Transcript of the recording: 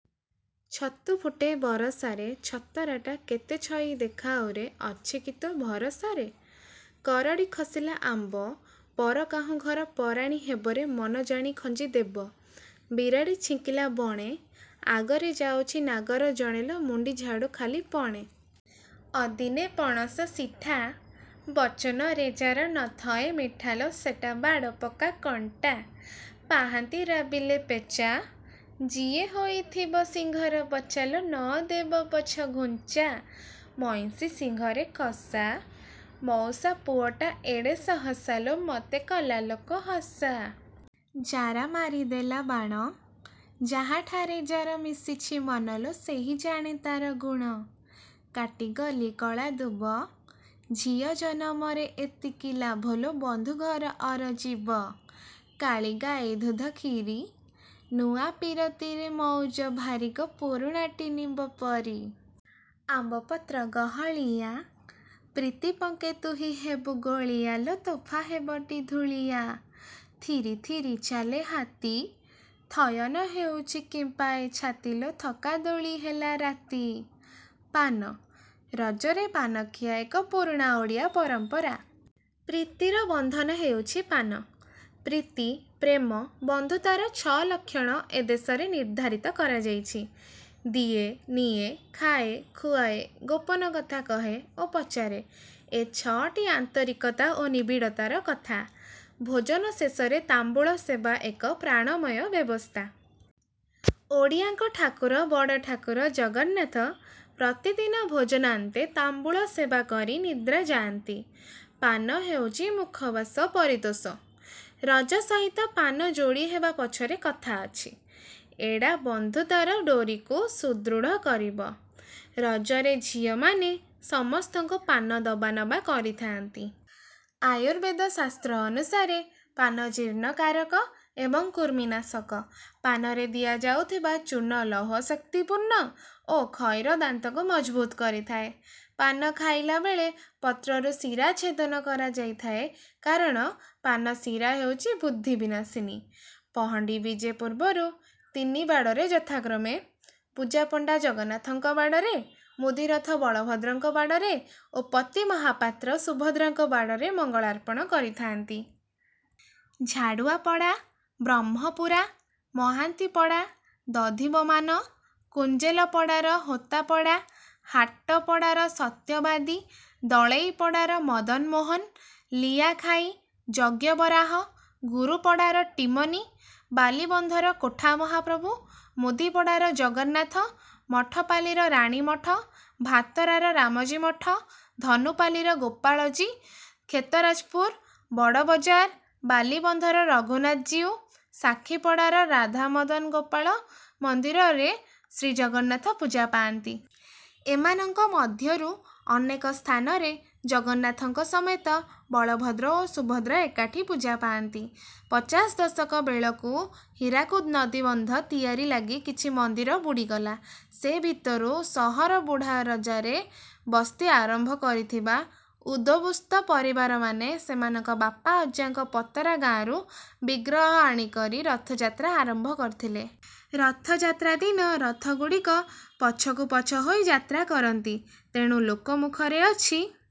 ଛତୁ ଫୁଟେ ବରଷାରେ, ଛତରାଟା କେତେ ଛଇ ଦେଖାଉ ରେ, ଅଛି କି ତୋ ଭରଷାରେ। କରଡ଼ି ଖସିଲା ଆମ୍ବ, ପର କାହୁଁ ଘର ପରାଣୀ ହେବେ ରେ, ମନ ଜାଣି ଖଞ୍ଜି ଦେବ। ବିରାଡ଼ି ଛିଙ୍କିଲା ବଣେ, ଆଗରେ ଯାଉଛି ନାଗର ଜଣେ ଲୋ, ମୁଣ୍ଡି ଝାଡୁ ଖାଲି ପଣେ। ଅଦିନେ ପଣସ ସିଠା, ବଚନରେ ଯାର ନଥଏ ମିଠା ଲୋ, ସେଟା ବାଡ଼ ପକା କଣ୍ଟା। ପାହାନ୍ତି ରାବିଲେ ପେଚା, ଯିଏ ହୋଇଥିବ ସିଂହର ବଚା ଲୋ, ନ ଦେବ ପଛଘୁଞ୍ଚା। ମଇଁଷି ଶିଙ୍ଗରେ ଖସା, ମଉସା ପୁଆଟା ଏଡ଼େ ସହସା ଲୋ, ମତେ କଲା ଲୋକହସା। ଜାରା ମାରିଦେଲା ବାଣ ଯାହାଠାରେ ଯାର ମିଶିଛି ମନ ଲୋ, ସେହି ଜାଣେ ତାର ଗୁଣ। କାଟି ଗଲି କଳାଦୁବ, ଝିଅ ଜନମରେ ଏତିକି ଲାଭ ଲୋ, ବନ୍ଧୁ ଘର ଅରଜିବ। କାଳୀଗାଇ ଧୁଧ କ୍ଷୀରି, ନୂଆ ପୀରତିରେ ମଉଜ ଭାରି ଗୋ, ପୁରୁଣାଟି ନିମ୍ବ ପରି। ଆମ୍ବ ପତ୍ର ଗହଳିଆ, ପ୍ରୀତି ପଙ୍କେ ତୁହି ହେବୁ ଗୋଳିଆଲୋ, ତୋଫା ହେବଟି ଧୁଳିଆ। ଥିରି ଥିରି ଚାଲେ ହାତୀ, ଥୟ ନ ହେଉଛି କିମ୍ପା ଏ ଛାତି ଲୋ, ଥକା ଦୋଳି ହେଲା ରାତି। ପାନ: ରଜରେ ପାନଖିଆ ଏକ ପୁରୁଣା ଓଡ଼ିଆ ପରମ୍ପରା। ପ୍ରୀତିର ବନ୍ଧନ ହେଉଛି ପାନ। ପ୍ରୀତି, ପ୍ରେମ, ବନ୍ଧୁତାର ଛ'ଲକ୍ଷଣ ଏ ଦେଶରେ ନିର୍ଦ୍ଧାରିତ କରାଯାଇଛି। ଦିଏ, ନିଏ, ଖାଏ, ଖୁଆଏ, ଗୋପନ କଥା କହେ ଓ ପଚାରେ, ଏ ଛ'ଟି ଆନ୍ତରିକତା ଓ ନିବିଡ଼ତାର କଥା। ଭୋଜନ ଶେଷରେ ତାମ୍ବୁଳ ସେବା ଏକ ପ୍ରାଣମୟ ବ୍ୟବସ୍ଥା। ଓଡ଼ିଆଙ୍କ ଠାକୁର ବଡ଼ଠାକୁର ଜଗନ୍ନାଥ ପ୍ରତିଦିନ ଭୋଜନାନ୍ତେ ତାମ୍ବୁଳ ସେବା କରି ନିଦ୍ରା ଯାଆନ୍ତି। ପାନ ହେଉଛି ମୁଖବାସ, ପରିତୋଷ। ରଜ ସହିତ ପାନ ଯୋଡ଼ିହେବା ପଛରେ କଥା ଅଛି, ଏଡା ବନ୍ଧୁତାର ଡେ଼ାରିକୁ ସୁଦୃଢ କରିବ। ରଜରେ ଝିଅମାନେ ସମସ୍ତଙ୍କୁ ପାନ ଦବାନବା କରିଥାନ୍ତି। ଆୟୁର୍ବେଦ ଶାସ୍ତ୍ର ଅନୁସାରେ ପାନ ଜୀର୍ଣ୍ଣକାରକ ଏବଂ କୃମିନାଶକ। ପାନରେ ଦିଆଯାଉଥିବା ଚୂନ ଲୌହଶକ୍ତି ପୂର୍ଣ୍ଣ ଓ ଖଇର ଦାନ୍ତକୁ ମଜଭୁତ କରିଥାଏ। ପାନ ଖାଇଲା ବେଳେ ପତ୍ରରୁ ଶିରା ଛେଦନ କରାଯାଇଥାଏ କାରଣ ପାନଶିରା ହେଉଛି ବୁଦ୍ଧି ବିନାଶିନୀ। ପହଣ୍ଡି ବିଜେ ପୂର୍ବରୁ ତିନି ବାଡ଼ରେ ଯଥାକ୍ରମେ ପୂଜାପଣ୍ଡା ଜଗନ୍ନାଥଙ୍କ ବାଡ଼ରେ, ମୁଦିରଥ ବଳଭଦ୍ରଙ୍କ ବାଡ଼ରେ ଓ ପତି ମହାପାତ୍ର ସୁଭଦ୍ରାଙ୍କ ବାଡ଼ରେ ମଙ୍ଗଳାର୍ପଣ କରିଥାନ୍ତି। ଝାଡ଼ୁଆପଡ଼ା, ବ୍ରହ୍ମପୁରା, ମହାନ୍ତିପଡ଼ା, ଦଧିବମାନ, କୁଞ୍ଜେଲପଡ଼ାର ହୋତାପଡ଼ା, ହାଟ ପଡ଼ାର ସତ୍ୟବାଦୀ, ଦଳେଇପଡ଼ାର ମଦନମୋହନ, ଲିଆଖାଇ, ଯଜ୍ଞ ବରାହ, ଗୁରୁପଡ଼ାର ଟିମନୀ, ବାଲିବନ୍ଧର କୋଠା ମହାପ୍ରଭୁ, ମୁଦୀପଡ଼ାର ଜଗନ୍ନାଥ, ମଠପାଲିର ରାଣୀମଠ, ଭାତରାର ରାମଜୀ ମଠ, ଧନୁପାଲିର ଗୋପାଳଜୀ, କ୍ଷେତରାଜପୁର, ବଡ଼ବଜାର, ବାଲିବନ୍ଧର ରଘୁନାଥଜୀଉ, ସାକ୍ଷୀପଡ଼ାର ରାଧାମଦନଗୋପାଳ ମନ୍ଦିରରେ ଶ୍ରୀ ଜଗନ୍ନାଥ ପୂଜା ପାଆନ୍ତି। ଏମାନଙ୍କ ମଧ୍ୟରୁ ଅନେକ ସ୍ଥାନରେ ଜଗନ୍ନାଥଙ୍କ ସମେତ ବଳଭଦ୍ର ଓ ସୁଭଦ୍ରା ଏକାଠି ପୂଜା ପାଆନ୍ତି। ପଚାଶ ଦଶକ ବେଳକୁ ହୀରାକୁଦ ନଦୀବନ୍ଧ ତିଆରି ଲାଗି କିଛି ମନ୍ଦିର ବୁଡ଼ିଗଲା। ସେ ଭିତରୁ ସହର ବୁଢ଼ାରଜାରେ ବସ୍ତି ଆରମ୍ଭ କରିଥିବା ଉଦବୁସ୍ତ ପରିବାରମାନେ ସେମାନଙ୍କ ବାପା ଅଜାଙ୍କ ପତରା ଗାଁରୁ ବିଗ୍ରହ ଆଣି କରି ରଥଯାତ୍ରା ଆରମ୍ଭ କରିଥିଲେ। ରଥଯାତ୍ରାଦିନ ରଥଗୁଡ଼ିକ ପଛକୁ ପଛ ହୋଇ ଯାତ୍ରା କରନ୍ତି। ତେଣୁ ଲୋକମୁଖରେ ଅଛି:।